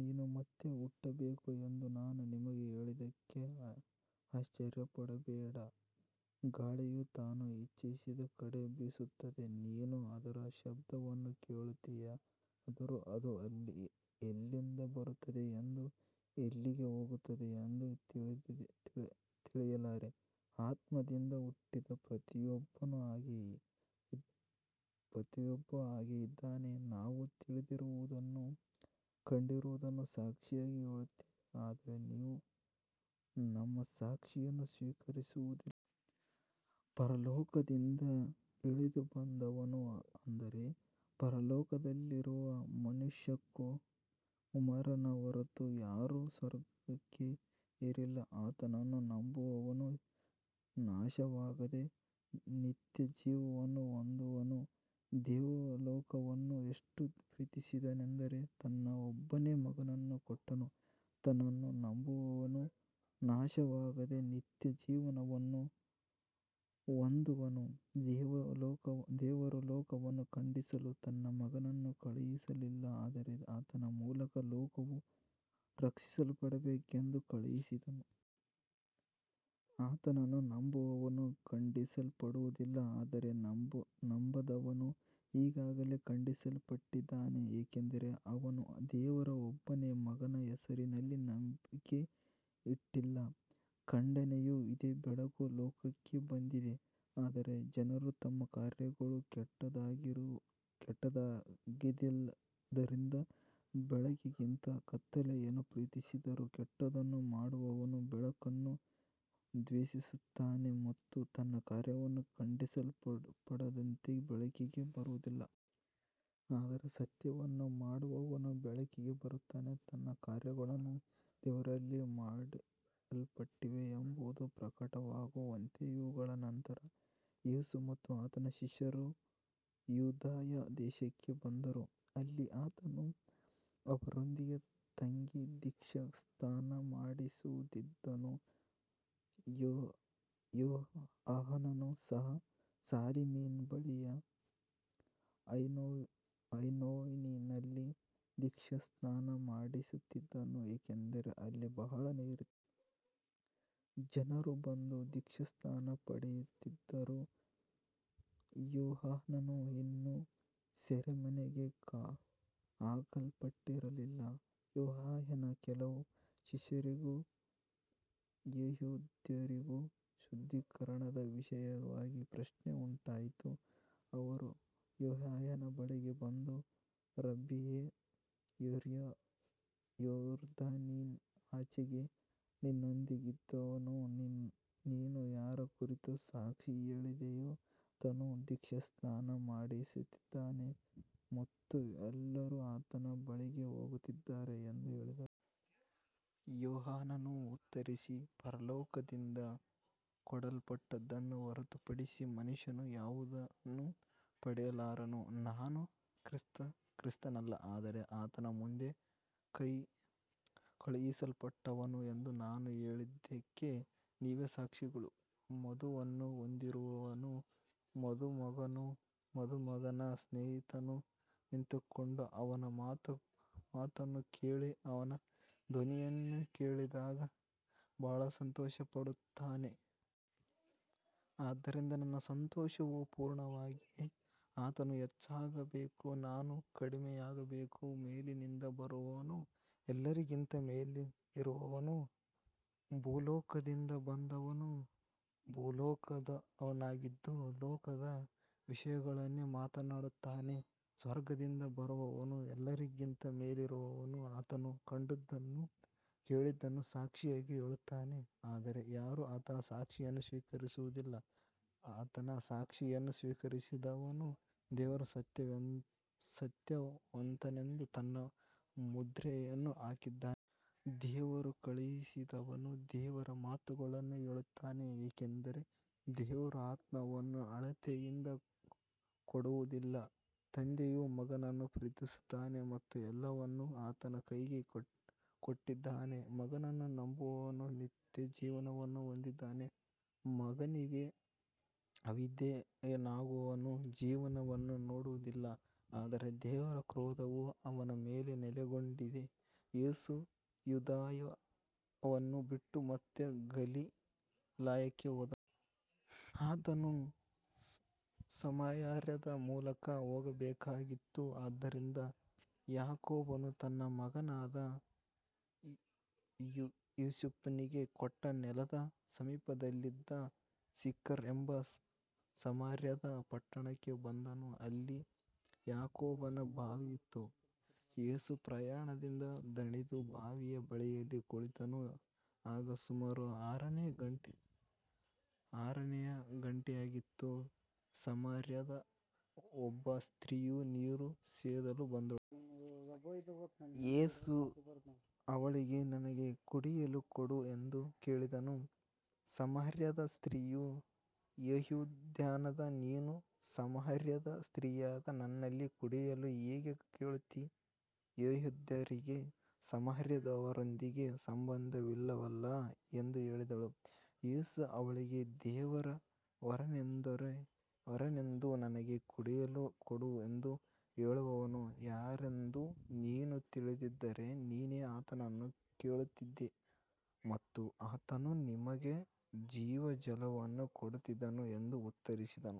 ನೀನು ಮತ್ತೆ ಹುಟ್ಟಬೇಕು ಎಂದು ನಾನು ನಿನಗೆ ಹೇಳಿದ್ದಕ್ಕೆ ಆಶ್ಚರ್ಯಪಡಬೇಡ. ಗಾಳಿಯು ತಾನು ಇಚ್ಛಿಸಿದ ಕಡೆ ಬೀಸುತ್ತದೆ. ನೀನು ಅದರ ಶಬ್ದವನ್ನು ಕೇಳುತ್ತೀಯಾದರೂ ಅದು ಎಲ್ಲಿಂದ ಬರುತ್ತದೆ ಮತ್ತು ಎಲ್ಲಿಗೆ ಹೋಗುತ್ತದೆ ಎಂದು ತಿಳಿಯಲಾರೆ. ಆತ್ಮದಿಂದ ಹುಟ್ಟಿದ ಪ್ರತಿಯೊಬ್ಬನೂ ಹಾಗೆಯೇ ಇದ್ದಾನೆ. ನಾವು ತಿಳಿದಿರುವುದನ್ನೂ ಕಂಡಿರುವುದನ್ನೂ ಸಾಕ್ಷಿಯಾಗಿ ಹೇಳುತ್ತೇವೆ, ಆದರೆ ನೀವು ನಮ್ಮ ಸಾಕ್ಷಿಯನ್ನು ಸ್ವೀಕರಿಸುವುದಿಲ್ಲ. ಪರಲೋಕದಿಂದ ಇಳಿದುಬಂದವನು, ಅಂದರೆ ಪರಲೋಕದಲ್ಲಿರುವ ಮನುಷ್ಯಕುಮಾರನ ಹೊರತು ಯಾರೂ ಸ್ವರ್ಗಕ್ಕೆ ಏರಿಲ್ಲ. ಆತನನ್ನು ನಂಬುವವನು ನಾಶವಾಗದೆ ನಿತ್ಯಜೀವವನ್ನು ಹೊಂದುವನು. ದೇವರು ಲೋಕವನ್ನು ಎಷ್ಟು ಪ್ರೀತಿಸಿದನೆಂದರೆ ತನ್ನ ಒಬ್ಬನೇ ಮಗನನ್ನು ಕೊಟ್ಟನು. ಆತನನ್ನು ನಂಬುವವನು ನಾಶವಾಗದೆ ನಿತ್ಯಜೀವವನ್ನು ಹೊಂದುವನು. ದೇವರು ಲೋಕವನ್ನು ಖಂಡಿಸಲು ತನ್ನ ಮಗನನ್ನು ಕಳುಹಿಸಲಿಲ್ಲ, ಆದರೆ ಆತನ ಮೂಲಕ ಲೋಕವು ರಕ್ಷಿಸಲ್ಪಡಬೇಕೆಂದು ಕಳುಹಿಸಿದನು. ಆತನನ್ನು ನಂಬುವವನು ಖಂಡಿಸಲ್ಪಡುವುದಿಲ್ಲ, ಆದರೆ ನಂಬದವನು ಈಗಾಗಲೇ ಖಂಡಿಸಲ್ಪಟ್ಟಿದ್ದಾನೆ, ಏಕೆಂದರೆ ಅವನು ದೇವರ ಒಬ್ಬನೇ ಮಗನ ಹೆಸರಿನಲ್ಲಿ ನಂಬಿಕೆ ಇಟ್ಟಿಲ್ಲ. ಖಂಡನೆಯು ಇದೇ, ಬೆಳಕು ಲೋಕಕ್ಕೆ ಬಂದಿದೆ, ಆದರೆ ಜನರು ತಮ್ಮ ಕಾರ್ಯಗಳು ಕೆಟ್ಟದ್ದಾಗಿದ್ದರಿಂದ ಬೆಳಕಿಗಿಂತ ಕತ್ತಲೆಯನ್ನು ಪ್ರೀತಿಸಿದರು. ಕೆಟ್ಟದ್ದನ್ನು ಮಾಡುವವನು ಬೆಳಕನ್ನು ದ್ವೇಷಿಸುತ್ತಾನೆ ಮತ್ತು ತನ್ನ ಕಾರ್ಯಗಳು ಖಂಡಿಸಲ್ಪಡದಂತೆ ಬೆಳಕಿಗೆ ಬರುವುದಿಲ್ಲ. ಆದರೆ ಸತ್ಯವನ್ನು ಮಾಡುವವನು ಬೆಳಕಿಗೆ ಬರುತ್ತಾನೆ, ತನ್ನ ಕಾರ್ಯಗಳು ದೇವರಲ್ಲಿ ಮಾಡಲ್ಪಟ್ಟಿವೆ ಎಂಬುದು ಪ್ರಕಟವಾಗುವಂತೆ. ಇವುಗಳ ನಂತರ ಯೇಸು ಮತ್ತು ಆತನ ಶಿಷ್ಯರು ಯೂದಾಯ ದೇಶಕ್ಕೆ ಬಂದರು. ಅಲ್ಲಿ ಆತನು ಅವರೊಂದಿಗೆ ತಂಗಿ ದೀಕ್ಷಾಸ್ನಾನ ಮಾಡಿಸುತ್ತಿದ್ದನು. ಯೋಹಾನನು ಸಹ ಸಾಲೀಮಿನ ಬಳಿಯ ಐನೋನಿನಲ್ಲಿ ದೀಕ್ಷಾಸ್ನಾನ ಮಾಡಿಸುತ್ತಿದ್ದನು, ಏಕೆಂದರೆ ಅಲ್ಲಿ ಬಹಳ ನೀರಿತ್ತು. ಜನರು ಬಂದು ದೀಕ್ಷಾಸ್ನಾನ ಪಡೆಯುತ್ತಿದ್ದರು. ಯೋಹಾನನು ಇನ್ನೂ ಸೆರೆಮನೆಗೆ ಹಾಕಲ್ಪಟ್ಟಿರಲಿಲ್ಲ. ಯೋಹಾನನ ಕೆಲವು ಶಿಷ್ಯರಿಗೂ ಯೆಹೂದ್ಯರಿಗೂ ಶುದ್ಧೀಕರಣದ ವಿಷಯವಾಗಿ ಪ್ರಶ್ನೆ ಉಂಟಾಯಿತು. ಅವರು ಯೋಹಾನನ ಬಳಿಗೆ ಬಂದು, ರಬ್ಬಿಯೇ, ಯೊರ್ದಾನಿನ ಆಚೆಗೆ ನಿನ್ನೊಂದಿಗಿದ್ದವನು, ನೀನು ಯಾರ ಕುರಿತು ಸಾಕ್ಷಿ ಹೇಳಿದೆಯೋ ಆತನು ದೀಕ್ಷಾಸ್ನಾನ ಮಾಡಿಸುತ್ತಿದ್ದಾನೆ ಮತ್ತು ಎಲ್ಲರೂ ಆತನ ಬಳಿಗೆ ಹೋಗುತ್ತಿದ್ದಾರೆ ಎಂದು ಹೇಳಿದರು. ಯೋಹಾನನು ಉತ್ತರಿಸಿ, ಪರಲೋಕದಿಂದ ಕೊಡಲ್ಪಟ್ಟದ್ದನ್ನು ಹೊರತುಪಡಿಸಿ ಮನುಷ್ಯನು ಯಾವುದನ್ನೂ ಪಡೆಯಲಾರನು. ನಾನು ಕ್ರಿಸ್ತನಲ್ಲ, ಆದರೆ ಆತನ ಮುಂದೆ ಕಳುಹಿಸಲ್ಪಟ್ಟವನು ಎಂದು ನಾನು ಹೇಳಿದ್ದಕ್ಕೆ ನೀವೇ ಸಾಕ್ಷಿಗಳು. ವಧುವನ್ನು ಹೊಂದಿರುವವನು ಮದುಮಗನು. ಮದುಮಗನ ಸ್ನೇಹಿತನು ನಿಂತುಕೊಂಡು ಅವನ ಮಾತನ್ನು ಕೇಳಿ ಅವನ ಧ್ವನಿಯನ್ನು ಕೇಳಿದಾಗ ಬಹಳ ಸಂತೋಷಪಡುತ್ತಾನೆ. ಆದ್ದರಿಂದ ನನ್ನ ಸಂತೋಷವು ಪೂರ್ಣವಾಗಿದೆ. ಆತನು ಹೆಚ್ಚಾಗಬೇಕು, ನಾನು ಕಡಿಮೆಯಾಗಬೇಕು. ಮೇಲಿನಿಂದ ಬರುವವನು ಎಲ್ಲರಿಗಿಂತ ಮೇಲಿರುವವನು. ಭೂಲೋಕದಿಂದ ಬಂದವನು ಭೂಲೋಕದವನಾಗಿದ್ದು ಭೂಲೋಕದ ವಿಷಯಗಳನ್ನೇ ಮಾತನಾಡುತ್ತಾನೆ. ಸ್ವರ್ಗದಿಂದ ಬರುವವನು ಎಲ್ಲರಿಗಿಂತ ಮೇಲಿರುವವನು. ಆತನು ಕಂಡದ್ದನ್ನೂ ಕೇಳಿದ್ದನ್ನೂ ಸಾಕ್ಷಿಯಾಗಿ ಹೇಳುತ್ತಾನೆ, ಆದರೆ ಯಾರೂ ಆತನ ಸಾಕ್ಷಿಯನ್ನು ಸ್ವೀಕರಿಸುವುದಿಲ್ಲ. ಆತನ ಸಾಕ್ಷಿಯನ್ನು ಸ್ವೀಕರಿಸಿದವನು ದೇವರು ಸತ್ಯವಂತನೆಂದು ತನ್ನ ಮುದ್ರೆಯನ್ನು ಹಾಕಿದ್ದಾನೆ. ದೇವರು ಕಳುಹಿಸಿದವನು ದೇವರ ಮಾತುಗಳನ್ನು ಹೇಳುತ್ತಾನೆ, ಏಕೆಂದರೆ ದೇವರು ಆತ್ಮವನ್ನು ಅಳತೆಯಿಂದ ಕೊಡುವುದಿಲ್ಲ. ತಂದೆಯು ಮಗನನ್ನು ಪ್ರೀತಿಸುತ್ತಾನೆ ಮತ್ತು ಎಲ್ಲವನ್ನೂ ಆತನ ಕೈಗೆ ಕೊಟ್ಟಿದ್ದಾನೆ. ಮಗನನ್ನು ನಂಬುವವನು ನಿತ್ಯಜೀವವನ್ನು ಹೊಂದಿದ್ದಾನೆ. ಮಗನಿಗೆ ಅವಿಧೇಯನಾಗುವವನು ಜೀವನವನ್ನು ನೋಡುವುದಿಲ್ಲ, ಆದರೆ ದೇವರ ಕ್ರೋಧವು ಅವನ ಮೇಲೆ ನೆಲೆಗೊಂಡಿದೆ. ಯೇಸು ಯೂದಾಯವನ್ನು ಬಿಟ್ಟು ಮತ್ತೆ ಗಲಿಲಾಯಕ್ಕೆ ಹೋದನು. ಆತನು ಸಮಾರ್ಯದ ಮೂಲಕ ಹೋಗಬೇಕಾಗಿತ್ತು. ಆದ್ದರಿಂದ ಯಾಕೋಬನು ತನ್ನ ಮಗನಾದ ಯೋಸೇಫನಿಗೆ ಕೊಟ್ಟ ನೆಲದ ಸಮೀಪದಲ್ಲಿದ್ದ ಸಿಖರ್ ಎಂಬ ಸಮಾರ್ಯದ ಪಟ್ಟಣಕ್ಕೆ ಬಂದನು. ಅಲ್ಲಿ ಯಾಕೋಬನ ಬಾವಿ ಇತ್ತು. ಯೇಸು ಪ್ರಯಾಣದಿಂದ ದಣಿದು ಬಾವಿಯ ಬಳಿಯಲ್ಲಿ ಕುಳಿತನು. ಆಗ ಸುಮಾರು ಆರನೆಯ ಗಂಟೆಯಾಗಿತ್ತು. ಸಮಾರ್ಯದ ಒಬ್ಬ ಸ್ತ್ರೀಯು ನೀರು ಸೇದಲು ಬಂದಳು. ಯೇಸು ಅವಳಿಗೆ, ನನಗೆ ಕುಡಿಯಲು ಕೊಡು ಎಂದು ಹೇಳಿದನು. ಸಮಾರ್ಯದ ಸ್ತ್ರೀಯು, ಯೆಹೂದ್ಯನಾದ ನೀನು ಸಮಾರ್ಯದ ಸ್ತ್ರೀಯಾದ ನನ್ನಲ್ಲಿ ಕುಡಿಯಲು ಹೇಗೆ ಕೇಳುತ್ತೀ. ಯೆಹೂದ್ಯರಿಗೆ ಸಮಾರ್ಯದವರೊಂದಿಗೆ ಸಂಬಂಧವಿಲ್ಲವಲ್ಲ ಎಂದು ಹೇಳಿದಳು. ಯೇಸು ಅವಳಿಗೆ, ದೇವರ ವರವೇನೆಂದೂ ನನಗೆ ಕುಡಿಯಲು ಕೊಡು ಎಂದು ಹೇಳುವವನು ಯಾರೆಂದೂ ನೀನು ತಿಳಿದಿದ್ದರೆ, ನೀನೇ ಆತನನ್ನು ಕೇಳುತ್ತಿದ್ದೆ ಮತ್ತು ಆತನು ನಿನಗೆ ಜೀವಜಲವನ್ನು ಕೊಡುತ್ತಿದ್ದನು ಎಂದು ಉತ್ತರಿಸಿದನು.